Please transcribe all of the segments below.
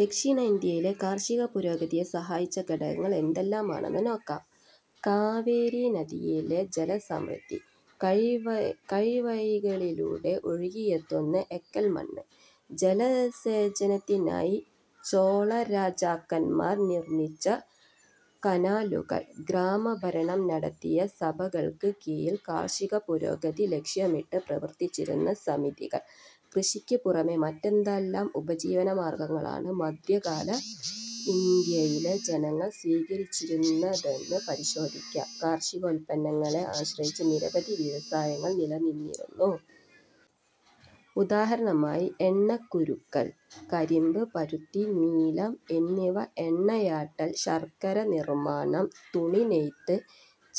ദക്ഷിണേന്ത്യയിലെ കാർഷിക പുരോഗതിയെ സഹായിച്ച ഘടകങ്ങൾ എന്തെല്ലാമാണെന്ന് നോക്കാം. കാവേരിനദിയിലെ ജലസമൃദ്ധി. കൈവഴികളിലൂടെ ഒഴുകിയെത്തുന്ന എക്കൽമണ്ണ്. ജലസേചനത്തിനായി ചോളരാജാക്കന്മാർ നിർമിച്ച കനാലുകൾ. ഗ്രാമഭരണം നടത്തിയ സഭകൾക്ക് കീഴിൽ കാർഷികപുരോഗതി ലക്ഷ്യമിട്ട് പ്രവർത്തിച്ചിരുന്ന സമിതികൾ. കൃഷിക്ക് പുറമെ മറ്റെന്തെല്ലാം ഉപജീവനമാർഗങ്ങളാണ് മധ്യകാല ഇന്ത്യയിലെ ജനങ്ങൾ സ്വീകരിച്ചിരുന്നതെന്ന് പരിശോധിക്കാം കാർഷികോൽപ്പന്നങ്ങളെ ആശ്രയിച്ച് നിരവധി വ്യവസായങ്ങൾ നില നിന്നിരുന്നു. ഉദാഹരണമായി, എണ്ണക്കുരുക്കൾ, കരിമ്പ്, പരുത്തി, നീലം, എന്നിവ എണ്ണയാട്ടൽ, ശർക്കര നിർമാണം, തുണിനെയ്ത്ത്,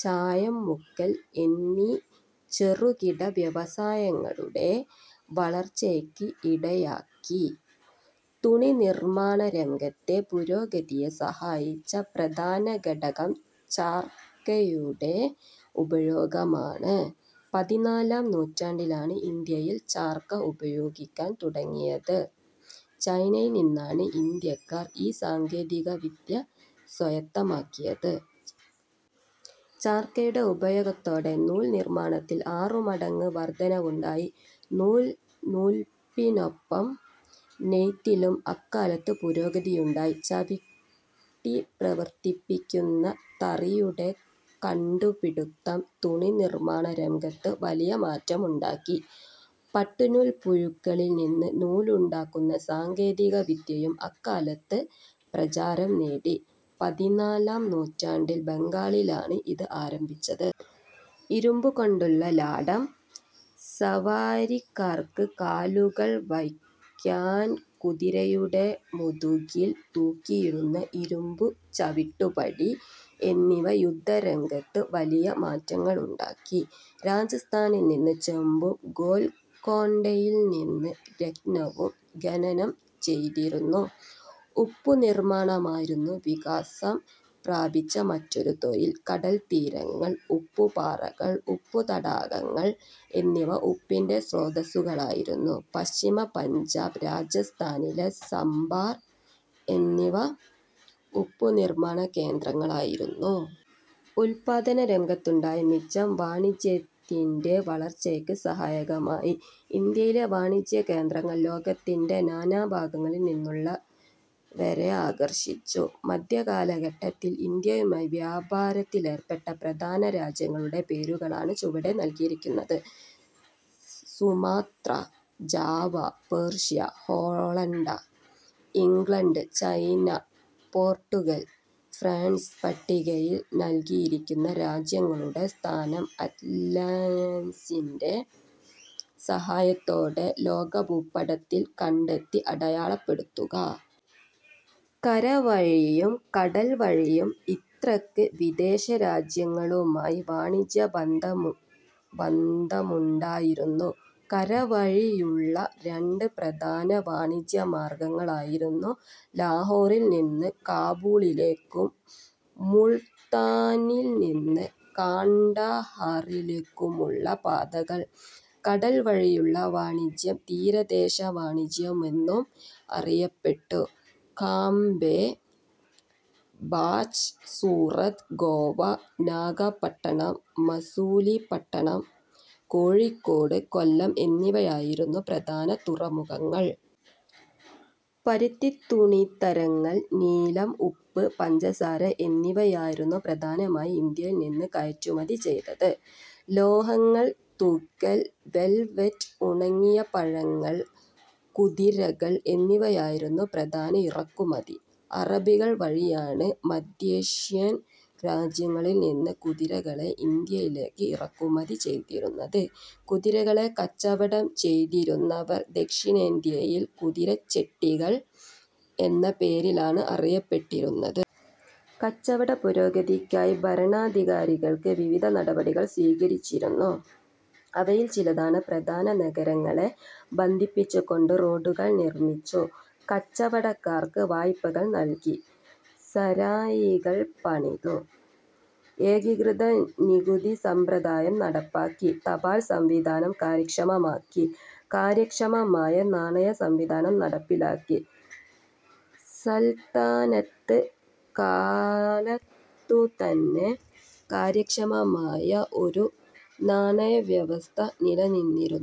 ചായം മുക്കൽ എന്നീ ചെറുകിട വ്യവസായങ്ങളുടെ വളർച്ചയ്ക്ക് ഇടയാക്കി. തുണിനിർമാണരംഗത്തെ പുരോഗതിയെ സഹായിച്ച പ്രധാനഘടകം ചർക്കയുടെ ഉപയോഗമാണ്. പതിനാലാം നൂറ്റാണ്ടിലാണ് ഇന്ത്യയിൽ ചർക്ക ഉപയോഗിക്കാൻ തുടങ്ങിയത്. ചൈനയിൽ നിന്നാണ് ഇന്ത്യക്കാർ ഈ സാങ്കേതികവിദ്യ സ്വായത്തമാക്കിയത്. ചർക്കയുടെ ഉപയോഗത്തോടെ നൂൽ നിർമാണത്തിൽ ആറു മടങ്ങ് വർധനവുണ്ടായി. നൂൽ നൂൽപ്പിനൊപ്പം നെയ്ത്തിലും അക്കാലത്ത് പുരോഗതിയുണ്ടായി. ചവിട്ടി പ്രവർത്തിപ്പിക്കുന്ന തറിയുടെ കണ്ടു പിടിത്തം തുണി നിർമാണ രംഗത്ത് വലിയ മാറ്റമുണ്ടാക്കി. പട്ടുനൂൽപ്പുഴുക്കളിൽനിന്ന് നൂലുണ്ടാക്കുന്ന സാങ്കേതികവിദ്യയും അക്കാലത്ത് പ്രചാരം നേടി. പതിനാലാം നൂറ്റാണ്ടിൽ ബംഗാളിലാണ് ഇത് ആരംഭിച്ചത്. ഇരുമ്പു കൊണ്ടുള്ള ലാടം, സവാരിക്കാർക്ക് കാലുകൾ വയ്ക്കാൻ കുതിരയുടെ മുതുകിൽ തൂക്കിയിടുന്ന ഇരുമ്പു ചവിട്ടുപടി എന്നിവ യുദ്ധരംഗത്ത് വലിയ മാറ്റങ്ങളുണ്ടാക്കി. രാജസ്ഥാനിൽനിന്ന് ചെമ്പും ഗൊൽകൊണ്ടയിൽനിന്ന് രത്നവും ഖനനം ചെയ്തിരുന്നു. ഉപ്പുനിർമാണമായിരുന്നു വികാസം പ്രാപിച്ച മറ്റൊരു തൊഴിൽ. കടൽത്തീരങ്ങൾ, ഉപ്പുപാറകൾ, ഉപ്പുതടാകങ്ങൾ എന്നിവ ഉപ്പിന്റെ സ്രോതസ്സുകളായിരുന്നു. പശ്ചിമ പഞ്ചാബ്, രാജസ്ഥാനിലെ സമ്പാർ എന്നിവ ഉപ്പുനിർമാണകേന്ദ്രങ്ങളായിരുന്നു. ഉൽപാദനരംഗത്തുണ്ടായ മിച്ചം വാണിജ്യത്തിന്റെ വളർച്ചയ്ക്ക് സഹായകമായി. ഇന്ത്യയിലെ വാണിജ്യകേന്ദ്രങ്ങൾ ലോകത്തിന്റെ നാനാഭാഗങ്ങളിൽനിന്നുള്ളവരെ ആകർഷിച്ചു. മധ്യകാലഘട്ടത്തിൽ ഇന്ത്യയുമായി വ്യാപാരത്തിലേർപ്പെട്ട പ്രധാന രാജ്യങ്ങളുടെ പേരുകളാണ് ചുവടെ നൽകിയിരിക്കുന്നത്. Sumatra, Java, Persia, Holland, England, China, Portugal, France പട്ടികയിൽ നൽകിയിരിക്കുന്ന രാജ്യങ്ങളുടെ സ്ഥാനം അറ്റ്ലസിന്റെ സഹായത്തോടെ ലോകഭൂപടത്തിൽ കണ്ടെത്തി അടയാളപ്പെടുത്തുക. കരവഴിയും കടൽ വഴിയും ഇന്ത്യക്ക് വിദേശരാജ്യങ്ങളുമായി വാണിജ്യബന്ധമുണ്ടായിരുന്നു. കരവഴിയുള്ള രണ്ട് പ്രധാന വാണിജ്യമാർഗങ്ങളായിരുന്നു ലാഹോറിൽ നിന്ന് കാബൂളിലേക്കും മുൾത്താനിൽ നിന്ന് കാണ്ട ഹാറിലേക്കുമുള്ള പാതകൾ. കടൽ വഴിയുള്ള വാണിജ്യം തീരദേശ വാണിജ്യമെന്നും അറിയപ്പെട്ടു. കാംബെ, ബാച്ച്, സൂറത്ത്, ഗോവ, നാഗപട്ടണം, മസൂലിപട്ടണം, കോഴിക്കോട്, കൊല്ലം എന്നിവയായിരുന്നു പ്രധാന തുറമുഖങ്ങൾ. പരുത്തിത്തുണിത്തരങ്ങൾ, നീലം, ഉപ്പ്, പഞ്ചസാര എന്നിവയായിരുന്നു പ്രധാനമായി ഇന്ത്യയിൽ നിന്ന് കയറ്റുമതി ചെയ്തത്. ലോഹങ്ങൾ, തുകൽ, വെൽവെറ്റ്, ഉണങ്ങിയ പഴങ്ങൾ. കുതിരകൾ എന്നിവയായിരുന്നു പ്രധാന ഇറക്കുമതി. അറബികൾ വഴിയാണ് മധ്യേഷ്യൻ രാജ്യങ്ങളിൽ നിന്ന് കുതിരകളെ ഇന്ത്യയിലേക്ക് ഇറക്കുമതി ചെയ്തിരുന്നത്. കുതിരകളെ കച്ചവടം ചെയ്തിരുന്നവർ ദക്ഷിണേന്ത്യയിൽ കുതിരച്ചെട്ടികൾ എന്ന പേരിലാണ് അറിയപ്പെട്ടിരുന്നത്. കച്ചവടപുരോഗതിക്കായി ഭരണാധികാരികൾ വിവിധ നടപടികൾ സ്വീകരിച്ചിരുന്നു. അവയിൽ ചിലതാണ്. പ്രധാന നഗരങ്ങളെ ബന്ധിപ്പിച്ചുകൊണ്ട് റോഡുകൾ നിർമിച്ചു. കച്ചവടക്കാർക്ക് വായ്പകൾ നൽകി. സരായികൾ പണിതു. ഏകീകൃത നികുതി സമ്പ്രദായം നടപ്പാക്കി. തപാൽ സംവിധാനം കാര്യക്ഷമമാക്കി. കാര്യക്ഷമമായ നാണയസംവിധാനം നടപ്പിലാക്കി. സൽത്തനത്ത് കാലത്തുതന്നെ കാര്യക്ഷമമായ ഒരു നാണയവ്യവസ്ഥ നിലനിന്നിരുന്നു.